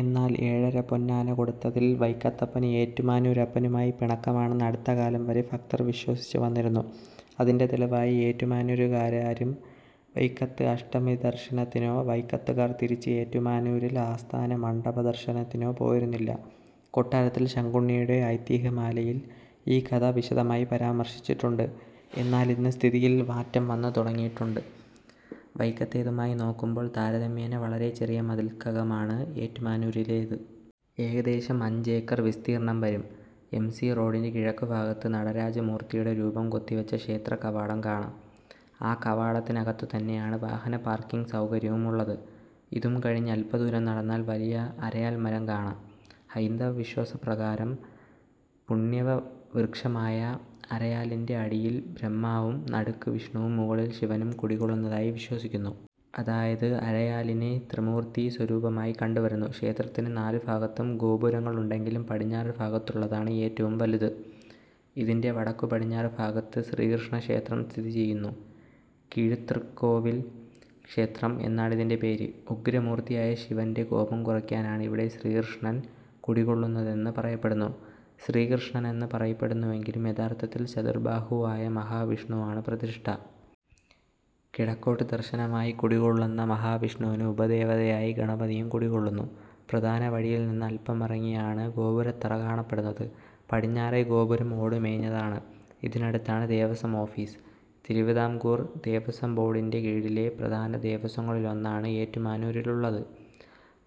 എന്നാൽ, ഏഴരപ്പൊന്നാന കൊടുത്തതിൽ വൈക്കത്തപ്പന് ഏറ്റുമാനൂരപ്പനുമായി പിണക്കമാണെന്ന് അടുത്തകാലം വരെ ഭക്തർ വിശ്വസിച്ചുവന്നിരുന്നു. അതിന്റെ തെളിവായി ഏറ്റുമാനൂരുകാരാരും വൈക്കത്ത് അഷ്ടമിദർശനത്തിനോ വൈക്കത്തുകാർ തിരിച്ച് ഏറ്റുമാനൂരിൽ ആസ്ഥാനമണ്ഡപദർശനത്തിനോ പോയിരുന്നില്ല. കൊട്ടാരത്തിൽ ശങ്കുണ്ണിയുടെ ഐതിഹ്യമാലയിൽ ഈ കഥ വിശദമായി പരാമർശിച്ചിട്ടുണ്ട്. എന്നാൽ, ഇന്ന് സ്ഥിതിയിൽ മാറ്റം വന്നുതുടങ്ങിയിട്ടുണ്ട്. വൈക്കത്തേതുമായി നോക്കുമ്പോൾ താരതമ്യേന വളരെ ചെറിയ മതിൽക്കകമാണ് ഏറ്റുമാനൂരിലേത്. ഏകദേശം അഞ്ചേക്കർ വിസ്തീർണ്ണം വരും. എം. സി. റോഡിന്റെ കിഴക്കുഭാഗത്ത് നടരാജമൂർത്തിയുടെ രൂപം കൊത്തിവച്ച ക്ഷേത്രകവാടം കാണാം. ആ കവാടത്തിനകത്തുതന്നെയാണ് വാഹനപാർക്കിംഗ് സൗകര്യവും ഉള്ളത്. ഇതും കഴിഞ്ഞ് അല്പദൂരം നടന്നാൽ വലിയ അരയാൽമരം കാണാം. ഹൈന്ദവവിശ്വാസപ്രകാരം പുണ്യവൃക്ഷമായ അരയാലിന്റെ അടിയിൽബ്രഹ്മാവും നടുക്ക് വിഷ്ണുവും മുകളിൽ ശിവനും കുടികൊള്ളുന്നതായി വിശ്വസിക്കുന്നു. അതായത്, അരയാലിനെ ത്രിമൂർത്തീസ്വരൂപമായി കണ്ടുവരുന്നു. ക്ഷേത്രത്തിന് നാലുഭാഗത്തും ഗോപുരങ്ങളുണ്ടെങ്കിലും പടിഞ്ഞാറുഭാഗത്തുള്ളതാണ് ഏറ്റവും വലുതു്. ഇതിന്റെ വടക്കുപടിഞ്ഞാറുഭാഗത്ത് ശ്രീകൃഷ്ണക്ഷേത്രം സ്ഥിതിചെയ്യുന്നു. 'കീഴ്തൃക്കോവിൽ ക്ഷേത്രം' എന്നാണ് ഇതിന്റെ പേര്. ഉഗ്രമൂർത്തിയായ ശിവന്റെ കോപം കുറയ്ക്കാനാണ് ഇവിടെ ശ്രീകൃഷ്ണൻ കുടികൊള്ളുന്നതെന്ന് പറയപ്പെടുന്നു. ശ്രീകൃഷ്ണനെന്ന് പറയപ്പെടുന്നുവെങ്കിലും യഥാർത്ഥത്തിൽ ചതുർബാഹുവായ മഹാവിഷ്ണുവാണ് പ്രതിഷ്ഠ. കിഴക്കോട്ട് ദർശനമായി കുടികൊള്ളുന്ന മഹാവിഷ്ണുവിന് ഉപദേവതയായി ഗണപതിയും കുടികൊള്ളുന്നു. പ്രധാനവഴിയിൽ നിന്ന് അല്പമിറങ്ങിയാണ് ഗോപുരത്തറ കാണപ്പെടുന്നത്. പടിഞ്ഞാറേ ഗോപുരം ഓടുമേഞ്ഞതാണ്. ഇതിനടുത്താണ് ദേവസ്വം ഓഫീസ്. തിരുവിതാംകൂർ ദേവസ്വം ബോർഡിന്റെ കീഴിലെ പ്രധാന ദേവസ്വങ്ങളിലൊന്നാണ് ഏറ്റുമാനൂരിലുള്ളത്.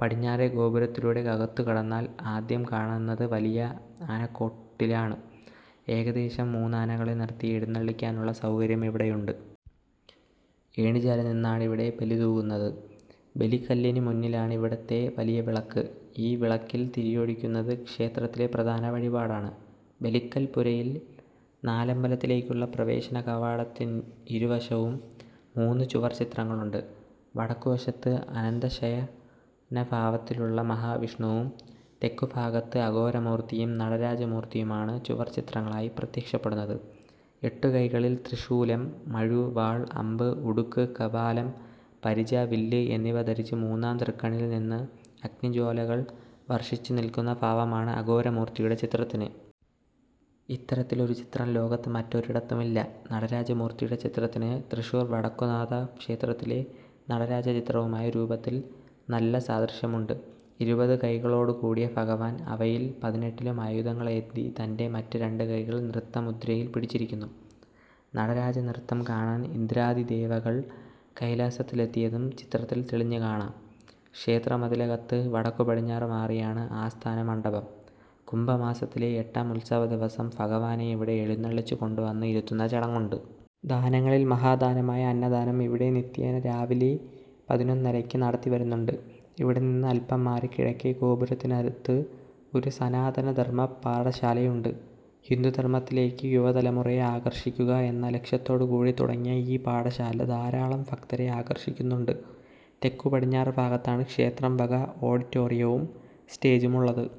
പടിഞ്ഞാറേ ഗോപുരത്തിലൂടെ അകത്തുകടന്നാൽ ആദ്യം കാണുന്നത് വലിയ ആനക്കൊട്ടിലാണ്. ഏകദേശം മൂന്നാനകളെ നിർത്തി എഴുന്നള്ളിയ്ക്കാനുള്ള സൗകര്യം ഇവിടെയുണ്ട്. ഏണിചാരിനിന്നാണ് ഇവിടെ ബലിതൂകുന്നത്. ബലിക്കല്ലിനുമുന്നിലാണ് ഇവിടത്തെ 'വലിയ വിളക്ക്'. ഈ വിളക്കിൽ തിരിയൊഴിയ്ക്കുന്നത് ക്ഷേത്രത്തിലെ പ്രധാന വഴിപാടാണ്. ബലിക്കൽപ്പുരയിൽ നാലമ്പലത്തിലേയ്ക്കുള്ള പ്രവേശനകവാടത്തിരുവശവും മൂന്ന് ചുവർച്ചിത്രങ്ങളുണ്ട്. വടക്കുവശത്ത് അനന്തശയനഭാവത്തിലുള്ള മഹാവിഷ്ണുവും തെക്കുഭാഗത്ത് അഘോരമൂർത്തിയും നടരാജമൂർത്തിയുമാണ് ചുവർച്ചിത്രങ്ങളായി പ്രത്യക്ഷപ്പെടുന്നത്. എട്ടുകൈകളിൽ ത്രിശൂലം, മഴു, വാൾ, അമ്പ്, ഉടുക്ക്, കപാലം, പരിച, വില്ല് എന്നിവ ധരിച്ച് മൂന്നാം തൃക്കണ്ണിൽ നിന്ന് അഗ്നിജ്വാലകൾ വർഷിച്ചുനിൽക്കുന്ന ഭാവമാണ് അഘോരമൂർത്തിയുടെ ചിത്രത്തിന്. ഇത്തരത്തിലൊരു ചിത്രം ലോകത്ത് മറ്റൊരിടത്തുമില്ല. നടരാജമൂർത്തിയുടെ ചിത്രത്തിന് തൃശ്ശൂർ വടക്കുന്നാഥക്ഷേത്രത്തിലെ നടരാജചിത്രവുമായി രൂപത്തിൽ നല്ല സാദൃശ്യമുണ്ട്. ഇരുപതുകൈകളോടുകൂടിയ ഭഗവാൻ അവയിൽ പതിനെട്ടിലും ആയുധങ്ങളേന്തി തന്റെ മറ്റ് രണ്ടുകൈകൾ നൃത്തമുദ്രയിൽ പിടിച്ചിരിയ്ക്കുന്നു. നടരാജനൃത്തം കാണാൻ ഇന്ദ്രാദിദേവകൾ കൈലാസത്തിലെത്തിയതും ചിത്രത്തിൽ തെളിഞ്ഞുകാണാം. ക്ഷേത്രമതിലകത്ത് വടക്കുപടിഞ്ഞാറുമാറിയാണ് 'ആസ്ഥാനമണ്ഡപം'. കുംഭമാസത്തിലെ എട്ടാം ഉത്സവദിവസം ഭഗവാനെ ഇവിടെ എഴുന്നള്ളിച്ചുകൊണ്ടുവന്ന് ഇരുത്തുന്ന ചടങ്ങുണ്ട്. ദാനങ്ങളിൽ മഹാദാനമായ അന്നദാനം ഇവിടെ നിത്യേന രാവിലെ പതിനൊന്നരയ്ക്ക് നടത്തിവരുന്നുണ്ട്. ഇവിടെ നിന്ന് അല്പം മാറി കിഴക്കേ ഗോപുരത്തിനടുത്ത് ഒരു സനാതനധർമ്മ പാഠശാലയുണ്ട്. ഹിന്ദുധർമ്മത്തിലേയ്ക്ക് യുവതലമുറയെ ആകർഷിയ്ക്കുക എന്ന ലക്ഷ്യത്തോടുകൂടി തുടങ്ങിയ ഈ പാഠശാല ധാരാളം ഭക്തരെ ആകർഷിയ്ക്കുന്നുണ്ട്. തെക്കുപടിഞ്ഞാറുഭാഗത്താണ് ക്ഷേത്രം വക ഓഡിറ്റോറിയവും സ്റ്റേജുമുള്ളത്.